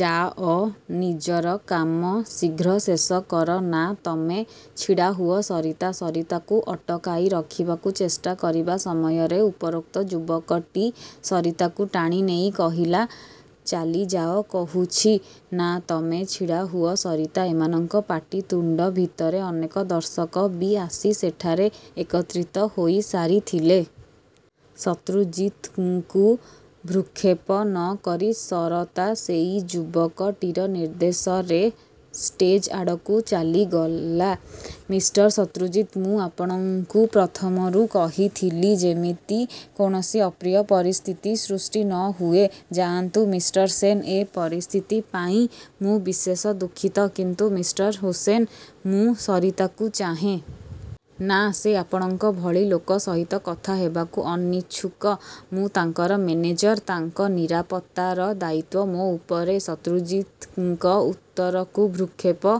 ଯାଅ, ନିଜର କାମ ଶୀଘ୍ର ଶେଷ କର। ନା, ତମେ ଛିଡ଼ାହୁଅ, ସରିତା! ସରିତାକୁ ଅଟକାଇ ରଖିବାକୁ ଚେଷ୍ଟା କରିବା ସମୟରେ ଉପରୋକ୍ତ ଯୁବକଟି ସରିତାକୁ ଟାଣିନେଇ କହିଲା,"ଚାଲିଯାଅ କହୁଛି। ନା, ତମେ ଛିଡ଼ାହୁଅ, ସରିତା! ଏମାନଙ୍କ ପାଟିତୁଣ୍ତ ଭିତରେ ଅନେକ ଦର୍ଶକ ବି ଆସି ସେଠାରେ ଏକତ୍ରିତ ହୋଇସାରିଥିଲେ। ଶତ୍ରୁଜିତଙ୍କୁ ଭ୍ରୂକ୍ଷେପ ନ କରି ସରତା ସେଇ ଯୁବକଟିର ନିର୍ଦ୍ଦେଶରେ ଷ୍ଟେଜ୍ଆଡ଼କୁ ଚାଲିଗଲା। ମିଷ୍ଟର ଶତ୍ରୁଜିତ୍! ମୁଁ ଆପଣଙ୍କୁ ପ୍ରଥମରୁ କହିଥିଲି, ଯେମିତି କୌଣସି ଅପ୍ରିୟ ପରିସ୍ଥିତି ସୃଷ୍ଟି ନ ହୁଏ। ଯାଆନ୍ତୁ, ମିଷ୍ଟର ସେନ୍, ଏ ପରିସ୍ଥିତି ପାଇଁ ମୁଁ ବିଶେଷ ଦୁଃଖିତ! କିନ୍ତୁ ମିଷ୍ଟର ହୁସେନ, ମୁଁ ସରିତାକୁ ଚାହେଁ। ନା, ସେ ଆପଣଙ୍କ ଭଳି ଲୋକ ସହିତ କଥା ହେବାକୁ ଅନିଚ୍ଛୁକ। ମୁଁ ତାଙ୍କର ମେନେଜର। ତାଙ୍କ ନିରାପତ୍ତାର ଦାୟିତ୍ୱ ମୋ ଉପରେ। ଶତ୍ରୁଜିତଙ୍କ ଉତ୍ତରକୁ ଭ୍ରୁକ୍ଷେପ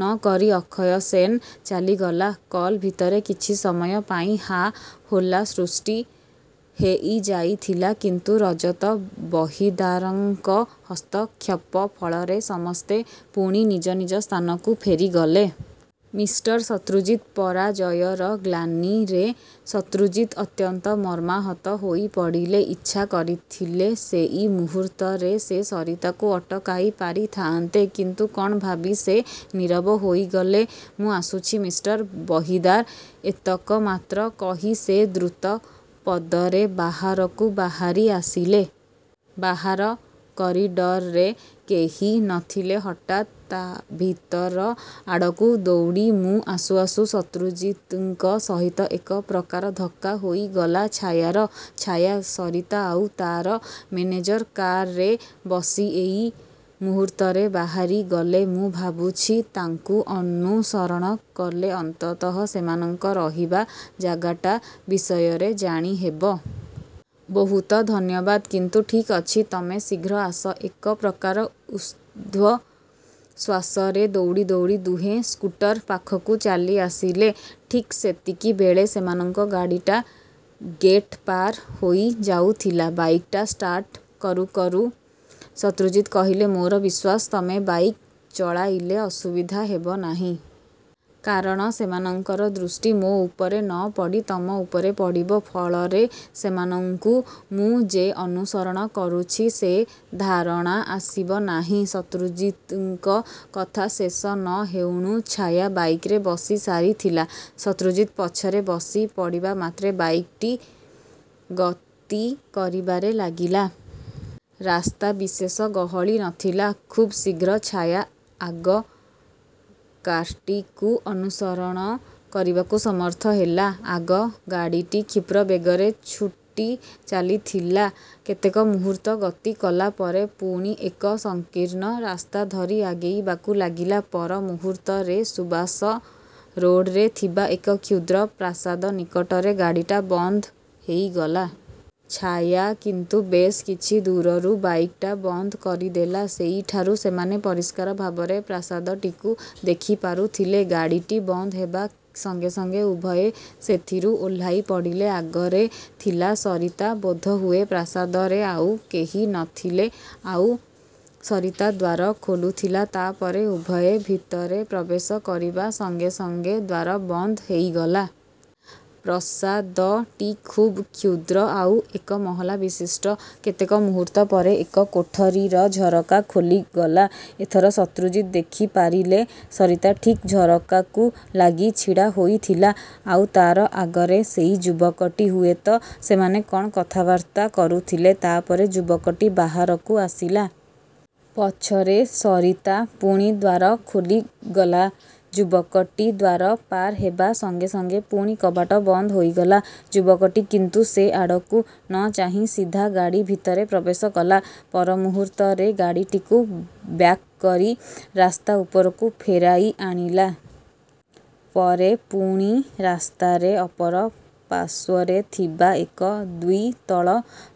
ନ କରି ଅକ୍ଷୟ ସେନ୍ ଚାଲିଗଲା। କଲ୍ ଭିତରେ କିଛି ସମୟ ପାଇଁ ହା ହୋଲ୍ଲା ସୃଷ୍ଟିହେଇଯାଇଥିଲା ,କିନ୍ତୁ ରଜତ ବହିଦାରଙ୍କ ହସ୍ତକ୍ଷେପ ଫଳରେ ସମସ୍ତେ ପୁଣି ନିଜ ନିଜ ସ୍ଥାନକୁ ଫେରିଗଲେ। ମିଷ୍ଟର ଶତ୍ରୁଜିତ୍! ପରାଜୟର ଗ୍ଳାନିରେ ଶତ୍ରୁଜିତ୍ଅତ୍ୟନ୍ତ ମର୍ମାହତ ହୋଇପଡ଼ିଲେ। ଇଚ୍ଛା କରିଥିଲେ ସେଇ ମୁହୂର୍ତ୍ତରେ ସେ ସରିତାକୁ ଅଟକାଇ ପାରିଥାଆନ୍ତେ, କିନ୍ତୁ କ'ଣ ଭାବି ସେ ନୀରବ ହୋଇଗଲେ। ମୁଁ ଆସୁଛି ମିଷ୍ଟର ବହିଦାର, ଏତକ ମାତ୍ର କହି ସେ ଦ୍ରୁତ ପଦରେ ବାହାରକୁ ବାହାରି ଆସିଲେ। ବାହାର କରିଡ଼ରରେ କେହି ନ ଥିଲେ, ହଠାତ୍ ଭିତର ଆଡ଼କୁ ଦୌଡ଼ି ମୁଁ ଆସୁ ଆସୁ ଶତ୍ରୁଜିତଙ୍କ ସହିତ ଏକପ୍ରକାର ଧକ୍କା ହୋଇଗଲା ଛାୟାର। ଛାୟା! ସରିତା ଆଉ ତା'ର ମେନେଜର କାରରେ ବସି ଏଇ ମୁହୂର୍ତ୍ତରେ ବାହାରିଗଲେ। ମୁଁ ଭାବୁଛି ତାଙ୍କୁ ଅନୁସରଣ କଲେ ଅନ୍ତତଃ ସେମାନଙ୍କ ରହିବା ଜାଗାଟା ବିଷୟରେ ଜାଣିହେବ। ବହୁତ ଧନ୍ୟବାଦ, କିନ୍ତୁ ଠିକ୍ ଅଛି। ତମେ ଶୀଘ୍ର ଆସ। ଏକପ୍ରକାର ଊର୍ଦ୍ଧ୍ୱଶ୍ୱାସରେ ଦୌଡ଼ି ଦୌଡ଼ି ଦୁହେଁ ସ୍କୁଟର ପାଖକୁ ଚାଲିଆସିଲେ। ଠିକ୍ ସେତିକିବେଳେ ସେମାନଙ୍କ ଗାଡ଼ିଟା ଗେଟ୍ପାର ହୋଇ ଯାଉଥିଲା। ବାଇକ୍ଟା ଷ୍ଟାର୍ଟ କରୁ କରୁ ଶତ୍ରୁଜିତ୍ କହିଲେ,"ମୋର ବିଶ୍ୱାସ, ତମେ ବାଇକ୍ ଚଳାଇଲେ ଅସୁବିଧା ହେବ ନାହିଁ। କାରଣ ସେମାନଙ୍କର ଦୃଷ୍ଟି ମୋ ଉପରେ ନ ପଡ଼ି ତମ ଉପରେ ପଡ଼ିବ। ଫଳରେ ସେମାନଙ୍କୁ ମୁଁ ଯେ ଅନୁସରଣ କରୁଛି ସେ ଧାରଣା ଆସିବ ନାହିଁ। ଶତ୍ରୁଜିତଙ୍କ କଥା ଶେଷ ନ ହେଉଣୁ ଛାୟା ବାଇକରେ ବସି ସାରିଥିଲା। ଶତ୍ରୁଜିତ୍ ପଛରେ ବସିପଡ଼ିବା ମାତ୍ରେ, ବାଇକ୍ଟି ଗତି କରିବାରେ ଲାଗିଲା। ରାସ୍ତା ବିଶେଷ ଗହଳି ନ ଥିଲା। ଖୁବ୍ଶୀଘ୍ର ଛାୟା ଆଗ କାର୍ଟିକୁ ଅନୁସରଣ କରିବାକୁ ସମର୍ଥ ହେଲା। ଆଗ ଗାଡ଼ିଟି କ୍ଷିପ୍ର ବେଗରେ ଛୁଟି ଚାଲିଥିଲା। କେତେକ ମୁହୂର୍ତ୍ତ ଗତି କଲାପରେ ପୁଣି ଏକ ସଂକୀର୍ଣ୍ଣ ରାସ୍ତା ଧରି ଆଗେଇବାକୁ ଲାଗିଲା। ପର ମୁହୂର୍ତ୍ତରେ ସୁଭାଷ ରୋଡ଼ରେ ଥିବା ଏକ କ୍ଷୁଦ୍ର ପ୍ରାସାଦ ନିକଟରେ ଗାଡ଼ିଟା ବନ୍ଦ ହେଇଗଲା। ଛାୟା କିନ୍ତୁ ବେଶ୍ କିଛି ଦୂରରୁ ବାଇକ୍ଟା ବନ୍ଦ କରିଦେଲା। ସେଇଠାରୁ ସେମାନେ ପରିଷ୍କାର ଭାବରେ ପ୍ରାସାଦଟିକୁ ଦେଖିପାରୁଥିଲେ। ଗାଡ଼ିଟି ବନ୍ଦ ହେବା ସଙ୍ଗେ ସଙ୍ଗେ ଉଭୟେ ସେଥିରୁ ଓହ୍ଲାଇପଡ଼ିଲେ। ଆଗରେ ଥିଲା ସରିତା, ବୋଧହୁଏ ପ୍ରାସାଦରେ ଆଉ କେହି ନ ଥିଲେ ଆଉ ସରିତା ଦ୍ୱାର ଖୋଲୁଥିଲା, ତା'ପରେ ଉଭୟେ ଭିତରେ ପ୍ରବେଶ କରିବା ସଙ୍ଗେ ସଙ୍ଗେ ଦ୍ୱାର ବନ୍ଦ ହେଇଗଲା। ପ୍ରସାଦଟି ଖୁବ୍ କ୍ଷୁଦ୍ର ଆଉ ଏକମହଲା ବିଶିଷ୍ଟ। କେତେକ ମୁହୂର୍ତ୍ତ ପରେ ଏକ କୋଠାରିର ଝରକା ଖୋଲିଗଲା। ଏଥର ଶତ୍ରୁଜିତ୍ ଦେଖିପାରିଲେ ସରିତା ଠିକ୍ ଝରକାକୁ ଲାଗି ଛିଡ଼ା ହୋଇଥିଲା। ଆଉ ତା'ର ଆଗରେ ସେଇ ଯୁବକଟି। ହୁଏତ ସେମାନେ କ'ଣ କଥାବାର୍ତ୍ତା କରୁଥିଲେ। ତା'ପରେ ଯୁବକଟି ବାହାରକୁ ଆସିଲା। ପଛରେ ସରିତା। ପୁଣି ଦ୍ୱାର ଖୋଲିଗଲା। ଯୁବକଟି ଦ୍ୱାର ପାର ହେବା ସଙ୍ଗେ ସଙ୍ଗେ ପୁଣି କବାଟ ବନ୍ଦ ହୋଇଗଲା। ଯୁବକଟି କିନ୍ତୁ ସେ ଆଡ଼କୁ ନ ଚାହିଁ ସିଧା ଗାଡ଼ି ଭିତରେ ପ୍ରବେଶ କଲା। ପର ମୁହୂର୍ତ୍ତରେ ଗାଡ଼ିଟିକୁ ବ୍ୟାକ୍କରି ରାସ୍ତା ଉପରକୁ ଫେରାଇ ଆଣିଲା। ପରେ ପୁଣି ରାସ୍ତାରେ ଅପର ପାର୍ଶ୍ୱରେ ଥିବା ଏକ ଦ୍ୱିତଳ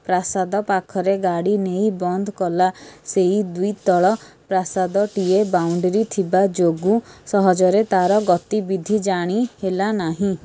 ପ୍ରାସାଦ ପାଖରେ ଗାଡ଼ି ନେଇ ବନ୍ଦ କଲା। ସେଇ ଦ୍ୱିତଳ ପ୍ରାସାଦଟିଏ ବାଉଣ୍ତରୀ ଥିବା ଯୋଗୁ ସହଜରେ ତା'ର ଗତିବିଧି ଜାଣି ହେଲା ନାହିଁ।